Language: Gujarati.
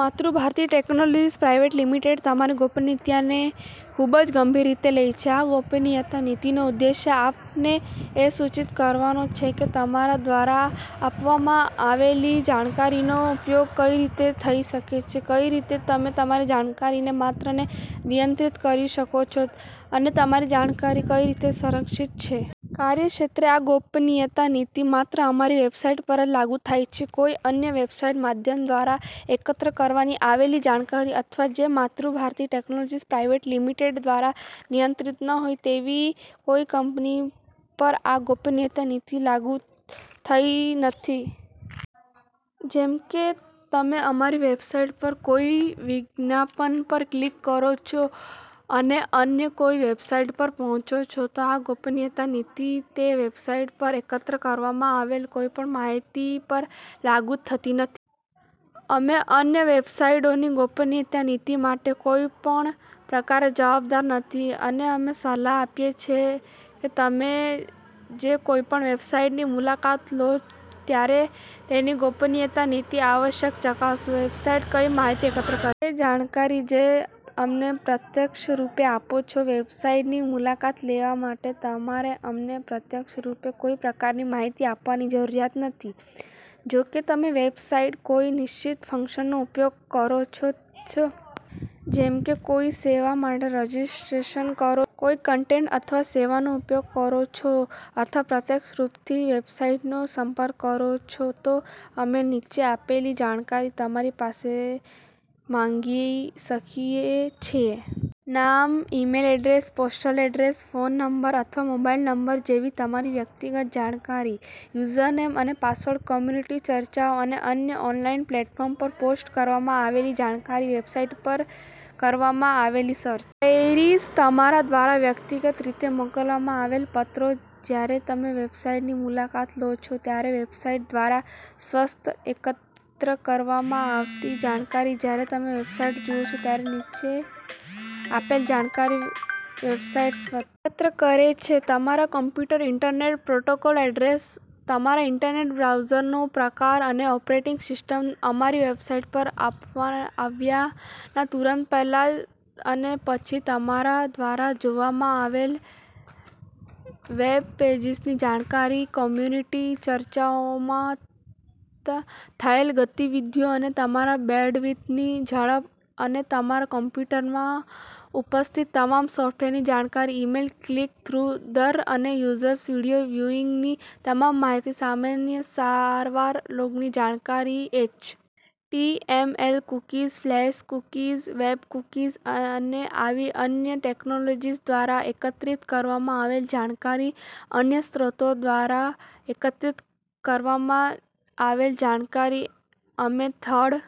માતૃભારતી ટેક્નૉલોજિઝ પ્રાઇવેટ લિમિટેડ તમારી ગોપનીયતાને ખૂબ જ ગંભીરતાથી લે છે. આ ગોપનીયતા નીતિનો ઉદ્દેશ્ય આપને એ સૂચિત કરવાનો છે કે તમારા દ્વારા આપવામાં આવેલી જાણકારીનો ઉપયોગ કઈ રીતે થઇ શકે છે, કઈ રીતે તમે તમારી જાણકારીની માત્રને નિયંત્રિત કરી શકો છો, અને તમારી જાણકારી કઈ રીતે સંરક્ષિત છે. કાર્યક્ષેત્ર આ ગોપનીયતા નીતિ માત્ર અમારી વેબસાઈટ પર જ લાગુ થાય છે. કોઈ અન્ય વેબસાઈટના માધ્યમ દ્વારા એકત્ર કરવાના આવેલી જાણકારી અથવા તો માતૃભારતી ટેક્નૉલોજિઝ પ્રાઇવેટ લિમિટેડ દ્વારા નિયંત્રિત ન હોય તેવી અન્ય કોઈ કંપની પર આ ગોપનીયતા નીતિ લાગુ થતી નથી. જેમ કે, તમે અમારી વેબસાઈટ પર કોઈ વિજ્ઞાપન પર ક્લિક કરો છો અને અન્ય કોઈ વેબસાઈટ પર પહોંચો છો તો આ ગોપનીયતા નીતિ તે વેબસાઈટ પર એકત્ર કરવામાં આવેલ કોઈ પણ માહિતી પર લાગુ થતી નથી. અમે અન્ય વેબસાઈટોની ગોપનીયતા નીતી માટે કોઈ પણ પ્રકારે જવાબદાર નથી અને અમે સલાહ આપીએ છીએ કે તમે જે કોઈ પણ વેબસાઈટની મુલાકાત લો ત્યારે તેની ગોપનીયતા નીતિ અવશ્ય ચકાસો. વેબસાઈટ કઈ માહિતી એકત્ર કરે છે? એ જાણકારી જે તમે અમને પ્રત્યક્ષરૂપે આપો છો. વેબસાઈટની મુલાકાત લેવા માટે તમારે અમને પ્રત્યક્ષરૂપે કોઈ પ્રકારની માહિતી આપવાની જરૂરિયાત નથી. જો કે તમે વેબસાઈટ કોઈ નિશ્ચિત ફંક્શનનો ઉપયોગ કરો છો, જેમ કે કોઈ સેવા માટે રજિસ્ટ્રેશન કરો છો, કોઈ કન્ટેન્ટ અથવા સેવાનો ઉપયોગ કરો છો અથવા પ્રત્યક્ષ રૂપથી વેબસાઈટનો સંપર્ક કરો છો તો અમે નીચે આપેલી જાણકારી તમારી પાસેથી માંગી શકીએ છીએ. નામ, email address, postal address. Phone number અથવા મોબાઈલ નંબર જેવી તમારી વ્યક્તિગત જાણકારી. યુઝરનેમ અને પાસવર્ડ કમ્યુનિટી ચર્ચાઓ અને અન્ય ઓનલાઈન પ્લૅટફોર્મ પર પોસ્ટ કરવામાં આવેલી જાણકારી વેબસાઈટ પર કરવામાં આવેલી સર્ચ ક્વેરીઝ તમારા દ્વારા વ્યક્તિગત રીતે મોકલવામાં આવેલ પત્રો જયારે તમે વેબસાઈટની મુલાકાત લો છો ત્યારે વેબસાઈટ દ્વારા સ્વતઃ એકત્ર કરવામાં આવતી જાણકારી જયારે તમે વેબસાઈટ જુઓ છો ત્યારે નીચે આપેલ જાણકારી વેબસાઈટ સ્વતઃ એકત્રિત કરે છે: તમારા કમ્પ્યુટરનું ઈન્ટરનેટ પ્રોટોકોલ એડ્રેસ તમારા ઈન્ટરનેટ બ્રાઉઝરનો પ્રકાર અને ઓપરેટીંગ સિસ્ટમ અમારી વેબસાઈટ પર આવ્યાના તુરંત પહેલા અને પછી તમારા દ્વારા જોવામાં આવેલ વેબપેજીસની જાણકારી કમ્યુનિટી ચર્ચાઓમાં થયેલ ગતિવિધિઓ તમારા બેન્ડવિથની ઝડપ અને તમારા કમ્પ્યુટરમાં ઉપસ્થિત તમામ સોફ્ટવેરની જાણકારી ઈમેલ ક્લિક-થ્રુ દર અને યુઝર્સ વિડીયો વ્યુઈંગની તમામ માહિતી સામાન્ય સારવાર લોગની જાણકારી H. T. M. L cookies, flash cookies, web cookies અને આવી અન્ય ટેક્નૉલોજિ દ્વારા એકત્રિત કરવામાં આવેલ જાણકારી અન્ય સ્ત્રોતો દ્વારા એકત્રિત કરવામાં આવેલ જાણકારી અમે થર્ડ